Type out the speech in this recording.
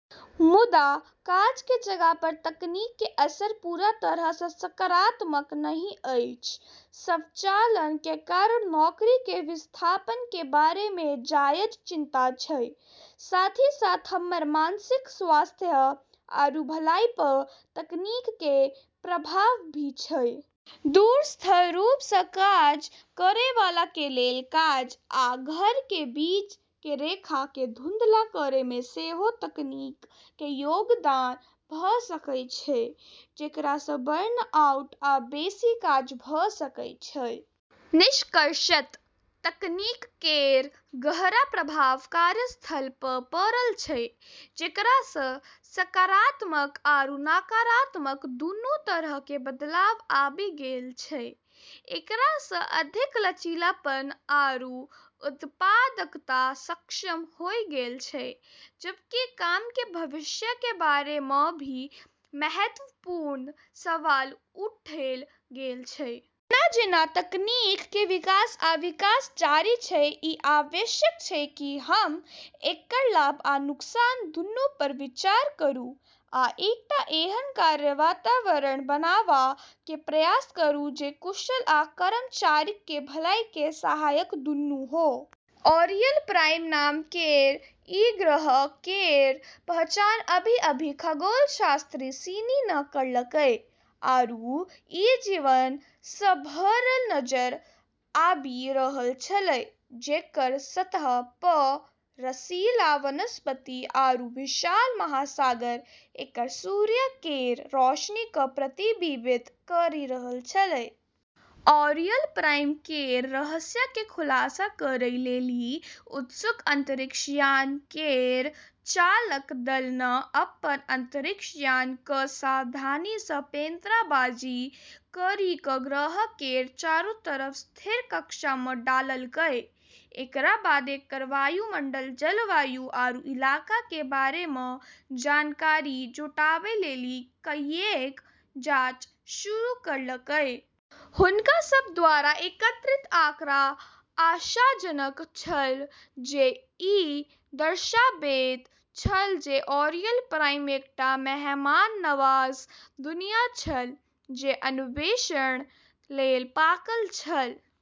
मुदा काज के जगह पर तकनीक के असर पूरा तरह से सकारात्मक नहिं ऐछ स्वचालन के कारण नौकरी के विस्थापन के बारे में जायज चिंता छै, साथ ही साथ हमरऽ मानसिक स्वास्थ्य आरू भलाई प॑ तकनीक के प्रभाव भी छै। दूरस्थ रूप से काज करय वाला कें लेल काज आ घर कें बीच कें रेखा कें धुंधला करय मे सेहो तकनीक कें योगदान भ सकय छै जेकरा सं बर्नआउट आ बेसि काज भ सकय छै। निष्कर्षत तकनीक केरऽ गहरा प्रभाव कार्यस्थल प॑ पड़लऽ छै जेकरा स॑ सकारात्मक आरू नकारात्मक दूनू तरह के बदलाव आबी गेलऽ छै, एकरा स॑ अधिक लचीलापन आरू उत्पादकता सक्षम होय गेलऽ छै, जबकि काम के भविष्य के बारे म॑ भी महत्वपूर्ण सवाल उठेलऽ गेलऽ छै। जेना-जेना तकनीक कें विकास आ विकास जारी छै, इ आवश्यक छै की हम एकर लाभ आ नुकसान दूनू पर विचार करूं आ एकटा एहन कार्य वातावरण बनावा कें प्रयास करूं जे कुशल आ कर्मचारीक कें भलाई कें सहायक दूनू हो। औरियल प्राइम नाम केरऽ ई ग्रह केरऽ पहचान अभी-अभी खगोलशास्त्री सिनी न॑ करलकै आरू ई जीवन स॑ भरलऽ नजर आबी रहलऽ छलै, जकरऽ सतह प॑ रसीला वनस्पति आरू विशाल महासागर एकरऽ सूर्य केरऽ रोशनी क॑ प्रतिबिबित करी रहलऽ छेलै। ऑरियल प्राइम केरऽ रहस्य के खुलासा करै लेली उत्सुक अंतरिक्ष यान केरऽ चालक दल न॑ अपनऽ अंतरिक्ष यान क॑ सावधानी स॑ पैंतराबाजी करी क॑ ग्रह केरऽ चारो तरफ स्थिर कक्षा म॑ डाललकै। एकरा बाद एकरऽ वायुमंडल, जलवायु आरू इलाका के बारे म॑ जानकारी जुटाबै लेली कईएक जांच शुरू करलकै। हुनका सब द्वारा एकत्रित आंकड़ा आशाजनक छल जे ई दर्शाबैत छल जे ऑरियल प्राइम एकटा मेहमाननवाज दुनिया छल जे अन्वेषण लेल पाकल छल।